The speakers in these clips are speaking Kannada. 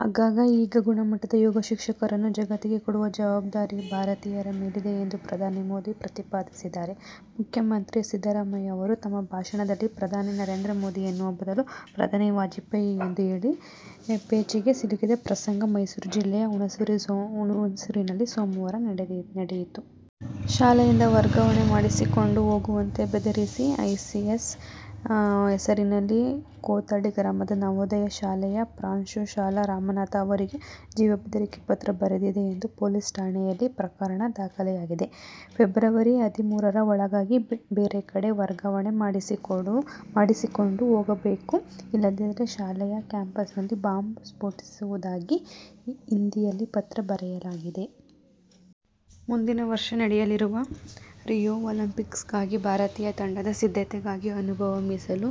ಹಾಗಾಗಿ ಈಗ ಗುಣಮಟ್ಟದ ಯೋಗ ಶಿಕ್ಷಕರನ್ನು ಜಗತ್ತಿಗೆ ಕೊಡುವ ಜವಾಬ್ದಾರಿ ಭಾರತೀಯರ ಮೇಲಿದೆ ಎಂದು ಪ್ರಧಾನಿ ಮೋದಿ ಪ್ರತಿಪಾದಿಸಿದ್ದಾರೆ. ಮುಖ್ಯಮಂತ್ರಿ ಸಿದ್ದರಾಮಯ್ಯ ಅವರು ತಮ್ಮ ಭಾಷಣದಲ್ಲಿ ಪ್ರಧಾನಿ ನರೇಂದ್ರ ಮೋದಿ ಎನ್ನುವ ಬದಲು ಪ್ರಧಾನಿ ವಾಜಪೇಯಿ ಎಂದು ಹೇಳಿ ಪೇಚಿಗೆ ಸಿಲುಕಿದ ಪ್ರಸಂಗ ಮೈಸೂರು ಜಿಲ್ಲೆಯ ಹುಣಸೂರಿನಲ್ಲಿ ಸೋಮವಾರ ನಡೆಯಿತು. ಶಾಲೆಯಿಂದ ವರ್ಗಾವಣೆ ಮಾಡಿಸಿಕೊಂಡು ಹೋಗುವಂತೆ ಬೆದರಿಸಿ ಐಸಿಸ್ ಹೆಸರಿನಲ್ಲಿ ಕೋಥಳಿ ಗ್ರಾಮದ ನವೋದಯ ಶಾಲೆಯ ಪ್ರಾಂಶುಪಾಲ ರಮನಾಥ ಅವರಿಗೆ ಜೀವ ಬೆದರಿಕೆ ಪತ್ರ ಬಂದಿದೆ ಎಂದು ಪೊಲೀಸ್ ಠಾಣೆಯಲ್ಲಿ ಪ್ರಕರಣ ದಾಖಲಾಗಿದೆ. ಫೆಬ್ರವರಿ ಹದಿಮೂರರ ಒಳಗಾಗಿ ಬೇರೆ ಕಡೆ ವರ್ಗಾವಣೆ ಮಾಡಿಸಿಕೊಂಡು ಹೋಗಬೇಕು, ಇಲ್ಲದಿದ್ದರೆ ಶಾಲೆಯ ಕ್ಯಾಂಪಸ್ದಲ್ಲಿ ಬಾಂಬ್ ಸ್ಫೋಟಿಸುವುದಾಗಿ ಹಿಂದಿಯಲ್ಲಿ ಪತ್ರ ಬರೆಯಲಾಗಿದೆ. ಮುಂದಿನ ವರ್ಷ ನಡೆಯಲಿರುವ ರಿಯೋ ಒಲಿಂಪಿಕ್ಸ್ಗಾಗಿ ಭಾರತೀಯ ತಂಡದ ಸಿದ್ಧತೆಗಾಗಿ ಅನುಭವಿ ಮೀಸಲು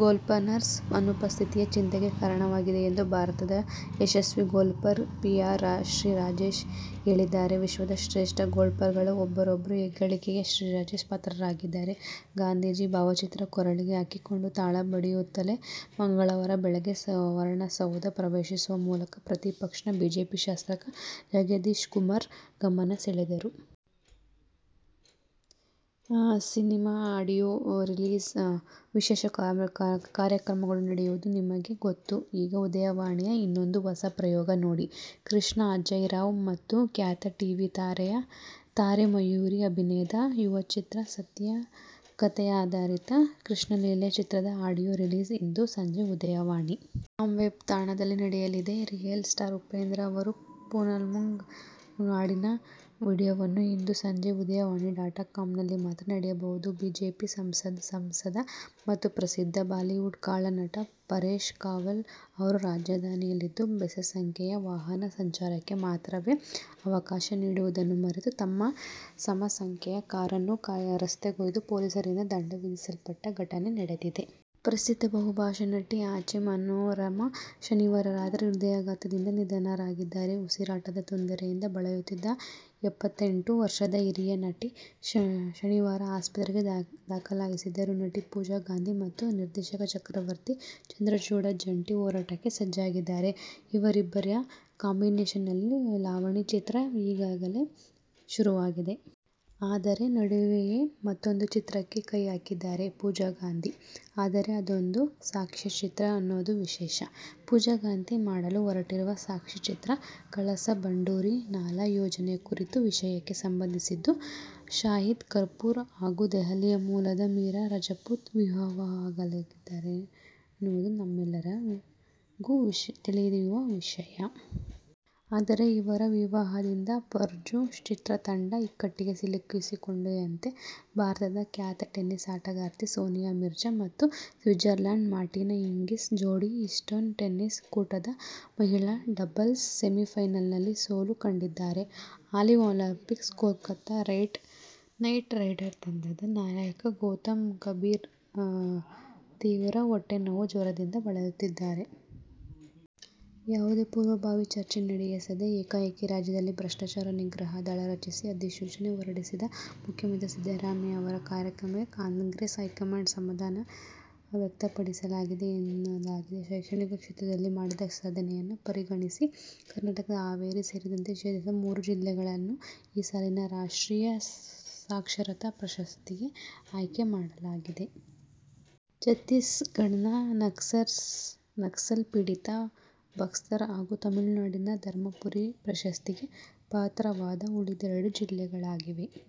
ಗೋಲ್ಕೀಪರ್ನ ಅನುಪಸ್ಥಿತಿ ಚಿಂತೆಗೆ ಕಾರಣವಾಗಿದೆ ಎಂದು ಭಾರತದ ಯಶಸ್ವಿ ಗೋಲ್ಕೀಪರ್ ಪಿ ಆರ್ ಶ್ರೀಜೇಶ್ ಹೇಳಿದ್ದಾರೆ. ವಿಶ್ವದ ಶ್ರೇಷ್ಠ ಗೋಲ್ಕೀಪರ್ಗಳಲ್ಲಿ ಒಬ್ಬರೆಂಬ ಹೆಗ್ಗಳಿಕೆಗೆ ಶ್ರೀಜೇಶ್ ಪಾತ್ರರಾಗಿದ್ದಾರೆ. ಗಾಂಧೀಜಿ ಭಾವಚಿತ್ರ ಕೊರಳಿಗೆ ಹಾಕಿಕೊಂಡು ತಾಳ ಬಡಿಯುತ್ತಲೇ ಮಂಗಳವಾರ ಬೆಳಗ್ಗೆ ಸುವರ್ಣಸೌಧ ಪ್ರವೇಶಿಸುವ ಮೂಲಕ ಪ್ರತಿಪಕ್ಷ ಬಿಜೆಪಿ ಶಾಸಕ ಜಗದೀಶ್ಕುಮಾರ್ ಗಮನ ಸೆಳೆದರು. ಸಿನೆಮಾ ಆಡಿಯೋ ರಿಲೀಸ್ಗೆ ವಿಶೇಷ ಕಾರ್ಯಕ್ರಮಗಳು ನಡೆಯುವುದು ನಿಮಗೆ ಗೊತ್ತು. ಈಗ ಉದಯವಾಣಿಯ ಇನ್ನೊಂದು ಹೊಸ ಪ್ರಯೋಗ ನೋಡಿ. ಕೃಷ್ಣ ಅಜೇಯ್ ರಾವ್ ಮತ್ತು ಖ್ಯಾತ ಟಿ. ವಿ. ತಾರೆ ಮಯೂರಿ ಅಭಿನಯದ ಯುವಚಿತ್ರ, ಸತ್ಯಕಥೆಯಾಧಾರಿತ ಕೃಷ್ಣಲೀಲೆ ಚಿತ್ರದ ಆಡಿಯೋ ರಿಲೀಸ್ ಇಂದು ಸಂಜೆ ಉದಯವಾಣಿ. ಕಾಮ್ ವೆಬ್ ತಾಣದಲ್ಲಿ ನಡೆಯಲಿದೆ. ರಿಯಲ್ ಸ್ಟಾರ್ ಉಪೇಂದ್ರ ಹಾಡಿರುವ ಫೋನಮ್ಮುಂಗು ಸಿಮ್ಮಪ್ಪುಂಗು.. ಹಾಡಿನ ವಿಡಿಯೋವನ್ನು ಇಂದು ಸಂಜೆ ಉದಯವಾಣಿ ಡಾಟ್ ಕಾಮ್ನಲ್ಲಿ ಮಾತ್ರ ನೋಡಬಹುದು. ಬಿಜೆಪಿ ಸಂಸದ ಮತ್ತು ಪ್ರಸಿದ್ಧ ಬಾಲಿವುಡ್ ಖಳ ನಟ ಪರೇಶ್ ರಾವಲ್ ಅವರು ರಾಜಧಾನಿಯಲ್ಲಿಂದು ಬೆಸ ಸಂಖ್ಯೆಯ ವಾಹನ ಸಂಚಾರಕ್ಕೆ ಮಾತ್ರವೇ ಅವಕಾಶ ಇರುವುದನ್ನು ಮರೆತು ತಮ್ಮ ಸಮ ಸಂಖ್ಯೆಯ ಕಾರನ್ನು ರಸ್ತೆಗೊಯ್ದು ಪೊಲೀಸರಿಂದ ದಂಡ ವಿಧಿಸಲ್ಪಟ್ಟ ಘಟನೆ ನಡೆದಿದೆ. ಪ್ರಸಿದ್ಧ ಬಹುಭಾಷಾ ನಟಿ ಆಚಿ ಮನೋರಮಾ ಶನಿವಾರ ರಾತ್ರಿ ಹೃದಯಾಘಾತದಿಂದ ನಿಧನರಾಗಿದ್ದಾರೆ. ಉಸಿರಾಟದ ತೊಂದರೆಯಿಂದ ಬಳಲುತ್ತಿದ್ದ ಎಪ್ಪತೆಂಟು ವರ್ಷದ ಹಿರಿಯರ ನಟಿ ಶನಿವಾರ ಆಸ್ಪತ್ರೆಗೆ ದಾಖಲಾಗಿದ್ದರು. ನಟಿ ಪೂಜಾ ಗಾಂಧಿ ಮತ್ತು ನಿರ್ದೇಶಕ ಚಕ್ರವರ್ತಿ ಚಂದ್ರಚೂಡ ಜಂಟಿ ಹೋರಾಟಕ್ಕೆ ಸಜ್ಜಾಗಿದ್ದಾರೆ. ಇವರಿಬ್ಬರ ಕಾಂಬಿನೇಷನ್ನಲ್ಲಿ ರಾವಣಿ ಚಿತ್ರ ಈಗಾಗಲೇ ಶುರುವಾಗಿದೆ. ಅದರ ನಡುವೆಯೇ ಮತ್ತೊಂದು ಚಿತ್ರಕ್ಕೆ ಕೈ ಹಾಕಿದ್ದಾರೆ ಪೂಜಾ ಗಾಂಧಿ. ಆದರೆ, ಅದೊಂದು ಸಾಕ್ಷ್ಯಚಿತ್ರ ಅನ್ನೋದು ವಿಶೇಷ. ಪೂಜಾ ಗಾಂಧಿ ಮಾಡಲು ಹೊರಟಿರುವ ಸಾಕ್ಷ್ಯಚಿತ್ರ ಕಳಸಾ-ಬಂಡೂರಿ ನಾಲಾ ಯೋಜನೆ ಕುರಿತ ವಿಷಯಕ್ಕೆ ಸಂಬಂಧಿಸಿದ್ದು. ಶಾಹಿದ್ ಕಪೂರ್ ಹಾಗೂ ದೆಹಲಿ ಮೂಲದ ಮೀರಾ ರಜಪೂತ್ ವಿವಾಹವಾಗಲಿರುವುದನ್ನು ನಿಮ್ಮೆಗೆಲ್ಲರಿಗೂ ತಿಳಿದಿರುವ ವಿಷಯ. ಆದರೆ ಇವರ ವಿವಾಹದಿಂದ ಫರ್ಝಿ ಚಿತ್ರ ತಂಡ ಇಕ್ಕಟ್ಟಿಗೆ ಸಿಲುಕಿಕೊಂಡಿದೆಯಂತೆ. ಭಾರತದ ಖ್ಯಾತ ಟೆನ್ನಿಸ್ ಆಟಗಾರ್ತಿ ಸಾನಿಯಾ ಮಿರ್ಜಾ ಮತ್ತು ಸ್ವಿಜರ್ಲೆಂಡ್ನ ಮಾರ್ಟಿನಾ ಹಿಂಗಿಸ್ ಜೋಡಿ ಈಸ್ಟ್ಬೋರ್ನ್ ಟೆನ್ನಿಸ್ ಕೂಟದ ಮಹಿಳಾ ಡಬಲ್ಸ್ ಸೆಮಿಫೈನಲ್ನಲ್ಲಿ ಸೋಲು ಕಂಡಿದ್ದಾರೆ. ಹಾಲಿ ಚಾಂಪಿಯನ್ ಕೋಲ್ಕತಾ ನೈಟ್ ರೈಡರ್ ತಂಡದ ನಾಯಕ ಗೌತಮ್ ಗಂಭೀರ್ ತೀವ್ರ ಹೊಟ್ಟೆ ನೋವು ಜ್ವರದಿಂದ ಬಳಲುತ್ತಿದ್ದಾರೆ. ಯಾವುದೇ ಪೂರ್ವಭಾವಿ ಚರ್ಚೆ ನಡೆಸದೆ ಏಕಾಏಕಿ ರಾಜ್ಯದಲ್ಲಿ ಭ್ರಷ್ಟಾಚಾರ ನಿಗ್ರಹ ದಳ ರಚಿಸಿ ಅಧಿಸೂಚನೆ ಹೊರಡಿಸಿದ ಮುಖ್ಯಮಂತ್ರಿ ಸಿದ್ದರಾಮಯ್ಯ ಅವರ ಕ್ರಮಕ್ಕೆ ಕಾಂಗ್ರೆಸ್ ಹೈಕಮಾಂಡ್ ಅಸಮಾಧಾನ ವ್ಯಕ್ತಪಡಿಸಿದೆ ಎನ್ನಲಾಗಿದೆ. ಶೈಕ್ಷಣಿಕ ಕ್ಷೇತ್ರದಲ್ಲಿ ಮಾಡಿದ ಸಾಧನೆಯನ್ನು ಪರಿಗಣಿಸಿ ಕರ್ನಾಟಕದ ಹಾವೇರಿ ಸೇರಿದಂತೆ ದೇಶದ ಮೂರು ಜಿಲ್ಲೆಗಳನ್ನು ಈ ಸಾಲಿನ ರಾಷ್ಟ್ರೀಯ ಸಾಕ್ಷರತಾ ಪ್ರಶಸ್ತಿಗೆ ಆಯ್ಕೆ ಮಾಡಲಾಗಿದೆ. ಛತ್ತೀಸ್ಗಢದ ನಕ್ಸಲ್ ಪೀಡಿತ ಬಸ್ತರ್ ಹಾಗೂ ತಮಿಳುನಾಡಿನ ಧರ್ಮಪುರಿ ಪ್ರಶಸ್ತಿಗೆ ಪಾತ್ರವಾದ ಉಳಿದೆರಡು ಜಿಲ್ಲೆಗಳಾಗಿವೆ.